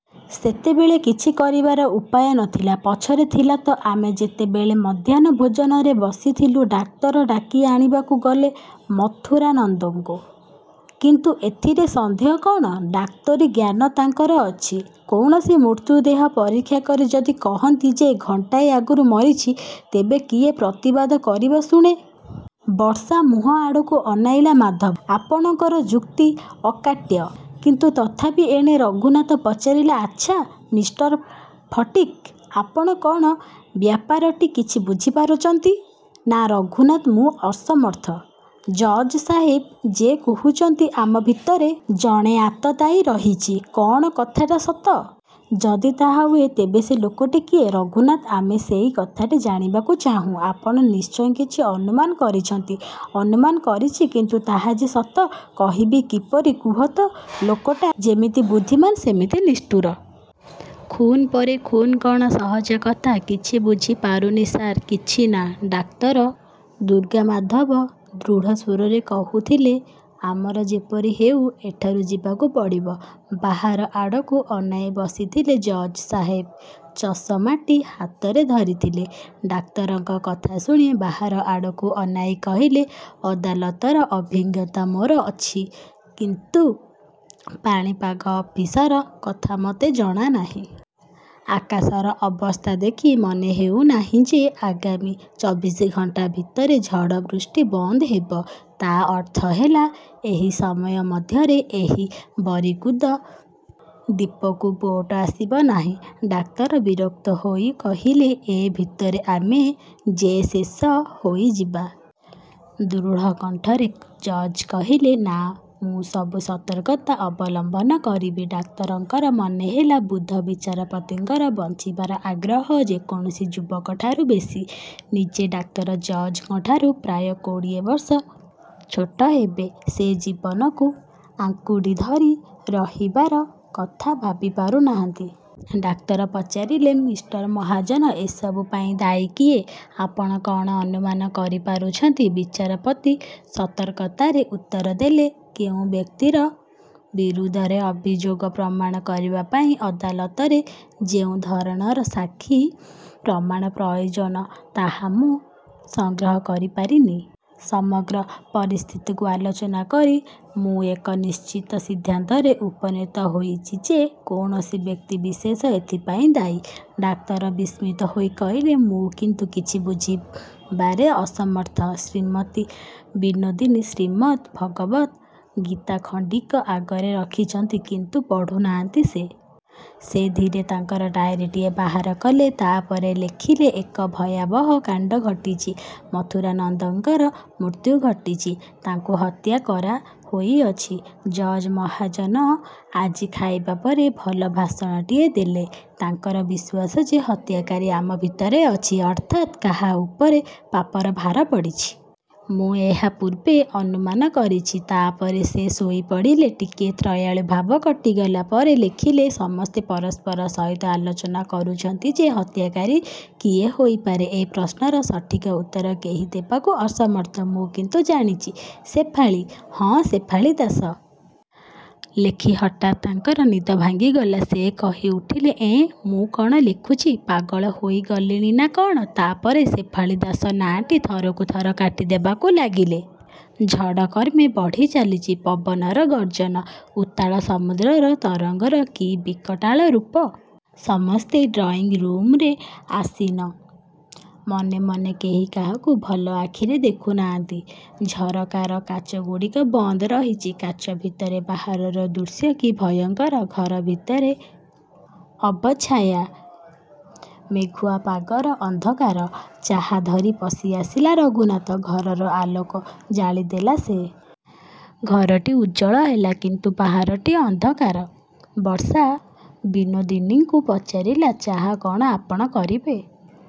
ସେତେବେଳେ କିଛି କରିବାର ଉପାୟ ନ ଥିଲା। ପଛରେ ଥିଲା ତ! ଆମେ ଯେତେବେଳେ ମଧ୍ୟାହ୍ନ ଭୋଜନରେ ବସିଥିଲୁ, ଡାକ୍ତର ଡାକି ଆଣିବାକୁ ଗଲେ ମଥୁରାନନ୍ଦଙ୍କୁ। କିନ୍ତୁ? ଏଥିରେ ସନ୍ଦେହ କ'ଣ? ଡାକ୍ତରୀ ଜ୍ଞାନ ତାଙ୍କର ଅଛି। କୌଣସି ମୃତ ଦେହ ପରୀକ୍ଷା କରି ଯଦି କହନ୍ତି ଯେ ଘଣ୍ଟାଏ ଆଗରୁ ମରିଛି, ତେବେ କିଏ ପ୍ରତିବାଦ କରିବ, ଶୁଣେ? ବର୍ଷା ମୁହଁ ଆଡ଼କୁ ଅନାଇଲା ମାଧବ, ଆପଣଙ୍କର ଯୁକ୍ତି ଅକାଟ୍ୟ। କିନ୍ତୁ ତଥାପି ଏଣେ ରଘୁନାଥ ପଚାରିଲା, ଆଚ୍ଛା, ମିଷ୍ଟର ଫଟିକ୍, ଆପଣ କ'ଣ ବ୍ୟାପାରଟି କିଛି ବୁଝିପାରୁଛନ୍ତି? ନା, ରଘୁନାଥ, ମୁଁ ଅସମର୍ଥ। ଜଜ୍ ସାହେବ ଯେ କହୁଛନ୍ତି, ଆମ ଭିତରେ ଜଣେ ଆତତାୟୀ ରହିଛି, କ'ଣ କଥାଟା ସତ? ଯଦି ତାହା ହୁଏ, ତେବେ ସେ ଲୋକଟି କିଏ? ରଘୁନାଥ, ଆମେ ସେଇ କଥାଟି ଜାଣିବାକୁ ଚାହୁଁ। ଆପଣ ନିଶ୍ଚୟ କିଛି ଅନୁମାନ କରିଛନ୍ତି। ଅନୁମାନ କରିଛି, କିନ୍ତୁ ତାହା ଯେ ସତ କହିବି କିପରି କୁହ ତ! ଲୋକଟା ଯେମିତି ବୁଦ୍ଧିମାନ୍ ସେମିତି ନିଷ୍ଠୁର। ଖୁନ୍ ପରେ ଖୁନ୍ କ'ଣ ସହଜ କଥା! କିଛି ବୁଝିପାରୁନି ସାର୍, କିଛି ନା। ଡାକ୍ତର ଦୁର୍ଗାମାଧବ ଦୃଢ଼ ସ୍ଵରରେ କହୁଥିଲେ, ଆମକୁ ଯେପରି ହେଉ ଏଠାରୁ ଯିବାକୁ ପଡ଼ିବ। ବାହାର ଆଡ଼କୁ ଅନାଇ ବସିଥିଲେ ଜଜ୍ ସାହେବ। ଚଷମାଟି ହାତରେ ଧରିଥିଲେ। ଡାକ୍ତରଙ୍କ କଥା ଶୁଣି ବାହାର ଆଡ଼କୁ ଅନାଇ କହିଲେ, ଅଦାଲତର ଅଭିଜ୍ଞତା ମୋର ଅଛି, କିନ୍ତୁ ପାଣିପାଗ ଅଫିସର କଥା ମୋତେ ଜଣା ନାହିଁ। ଆକାଶର ଅବସ୍ଥା ଦେଖି ମନେହେଉନାହିଁ ଯେ ଆଗାମୀ ଚବିଶ ଘଣ୍ଟା ଭିତରେ ଝଡ଼ ବୃଷ୍ଟି ବନ୍ଦ ହେବ। ତା ଅର୍ଥ ହେଲା, ଏହି ସମୟ ମଧ୍ୟରେ ଏହି ବରିକୁଦ ଦ୍ଵୀପକୁ ବୋଟ ଆସିବ ନାହିଁ। ଡାକ୍ତର ବିରକ୍ତ ହୋଇ କହିଲେ, ଏ ଭିତରେ ଆମେ ଯେ ଶେଷ ହୋଇଯିବା। ଦୃଢ଼ କଣ୍ଠରେ ଜଜ୍ କହିଲେ, ନା, ମୁଁ ସବୁ ସତର୍କତା ଅବଲମ୍ବନ କରିବି। ଡାକ୍ତରଙ୍କର ମନେହେଲା ବୃଦ୍ଧ ବିଚାରପତିଙ୍କର ବଞ୍ଚିବାର ଆଗ୍ରହ ଯେକୌଣସି ଯୁବକଠାରୁ ବେଶି। ନିଜେ ଡାକ୍ତର ଜଜ୍ ଙ୍କଠାରୁ ପ୍ରାୟ କୋଡ଼ିଏ ବର୍ଷ ଛୋଟ ହେବେ। ସେ ଜୀବନକୁ ଆଙ୍କୁଡ଼ି ଧରି ରହିବାର କଥା ଭାବିପାରୁନାହାନ୍ତି। ଡାକ୍ତର ପଚାରିଲେ, ମିଷ୍ଟର ମହାଜନ, ଏହିସବୁ ପାଇଁ କିଏ ଦାୟୀ, ଆପଣ କ'ଣ ଅନୁମାନ କରିପାରୁଛନ୍ତି? ବିଚାରପତି ସତର୍କତାରେ ଉତ୍ତର ଦେଲେ, କେଉଁ ବ୍ୟକ୍ତିର ବିରୁଦ୍ଧରେ ଅଭିଯୋଗ ପ୍ରମାଣ କରିବା ପାଇଁ ଅଦାଲତରେ ଯେଉଁ ଧରଣର ସାକ୍ଷୀ ପ୍ରମାଣ ପ୍ରୟୋଜନ ତାହା ମୁଁ ସଂଗ୍ରହ କରିପାରିନି। ସମଗ୍ର ପରିସ୍ଥିତିକୁ ଆଲୋଚନା କରି ମୁଁ ଏକ ନିଶ୍ଚିତ ସିଦ୍ଧାନ୍ତରେ ଉପନୀତ ହୋଇଛି ଯେ କୌଣସି ବ୍ୟକ୍ତିବିଶେଷ ଏଥିପାଇଁ ଦାୟୀ। ଡାକ୍ତର ବିସ୍ମିତ ହୋଇ କହିଲେ, ମୁଁ କିନ୍ତୁ କିଛି ବୁଝିବାରେ ଅସମର୍ଥ। ଶ୍ରୀମତୀ ବିନୋଦିନୀ ଶ୍ରୀମଦ୍ ଭଗବଦ୍ ଗୀତା ଖଣ୍ଡିକ ଆଗରେ ରଖିଛନ୍ତି, କିନ୍ତୁ ପଢ଼ୁନାହାନ୍ତି ସେ। ସେ ଧୀରେ ତାଙ୍କର ଡାଏରୀଟି ବାହାର କଲେ। ତା ପରେ ଲେଖିଲେ, ଏକ ଭୟାବହ କାଣ୍ଡ ଘଟିଛି। ମଥୁରାନନ୍ଦଙ୍କର ମୃତ୍ୟୁ ଘଟିଛି। ତାଙ୍କୁ ହତ୍ୟା କରାହୋଇଛି। ଜଜ୍ ମହାଜନ ଆଜି ଖାଇବା ପରେ ଭଲ ଭାଷଣଟିଏ ଦେଲେ। ତାଙ୍କର ବିଶ୍ୱାସ ଯେ ହତ୍ୟାକାରୀ ଆମ ଭିତରେ ଅଛି, ଅର୍ଥାତ୍ କାହା ଉପରେ ପାପର ଭାର ପଡ଼ିଛି। ମୁଁ ଏହା ପୂର୍ବେ ଅନୁମାନ କରିଛି। ତା ପରେ ସେ ଶୋଇପଡ଼ିଲେ। ଟିକିଏ ତନ୍ଦ୍ରାଳୁ ଭାବ କଟିଗଲା ପରେ ଲେଖିଲେ, ସମସ୍ତେ ପରସ୍ପର ସହିତ ଆଲୋଚନା କରୁଛନ୍ତି ଯେ ହତ୍ୟାକାରୀ କିଏ ହୋଇପାରେ? ଏ ପ୍ରଶ୍ନର ସଠିକ ଉତ୍ତର କେହି ଦେବାକୁ ଅସମର୍ଥ। ମୁଁ କିନ୍ତୁ ଜାଣିଛି, ଶେଫାଳୀ ହଁ, ଶେଫାଳୀ ଦାସ। ଲେଖି ହଠାତ୍ ତାଙ୍କର ନିଦ ଭାଙ୍ଗିଗଲା। ସେ କହିଉଠିଲେ, ଏଁ, ମୁଁ କ'ଣ ଲେଖୁଛି! ପାଗଳ ହୋଇଗଲିଣି ନା କ'ଣ! ତା ପରେ ଶେଫାଳୀ ଦାସ ନାଁଟି ଥରକୁ ଥର କାଟିଦେବାକୁ ଲାଗିଲେ। ଝଡ଼ କ୍ରମେ ବଢ଼ିଚାଲିଛି। ପବନର ଗର୍ଜନ, ଉତ୍ତାଳ ସମୁଦ୍ରର ତରଙ୍ଗର କି ବିକଟାଳ ରୂପ! ସମସ୍ତେ ଡ୍ରଇଂ ରୁମରେ ଆସୀନ। ମନେ ମନେ କେହି କାହାକୁ ଭଲ ଆଖିରେ ଦେଖୁନାହାନ୍ତି। ଝରକାର କାଚଗୁଡ଼ିକ ବନ୍ଦ ରହିଛି। କାଚ ଭିତରେ ବାହାରର ଦୃଶ୍ୟ କି ଭୟଙ୍କର! ଘର ଭିତରେ ଅବଚ୍ଛାୟା। ମେଘୁଆ ପାଗର ଅନ୍ଧକାର। ଚାହା ଧରି ପଶିଆସିଲା ରଘୁନାଥ। ଘରର ଆଲୋକ ଜାଳିଦେଲା ସେ। ଘରଟି ଉଜ୍ଜ୍ଵଳ ହେଲା, କିନ୍ତୁ ବାହାରଟି ଅନ୍ଧକାର। ବର୍ଷା ବିନୋଦିନୀଙ୍କୁ ପଚାରିଲା, ଚାହା କ'ଣ ଆପଣ କରିବେ?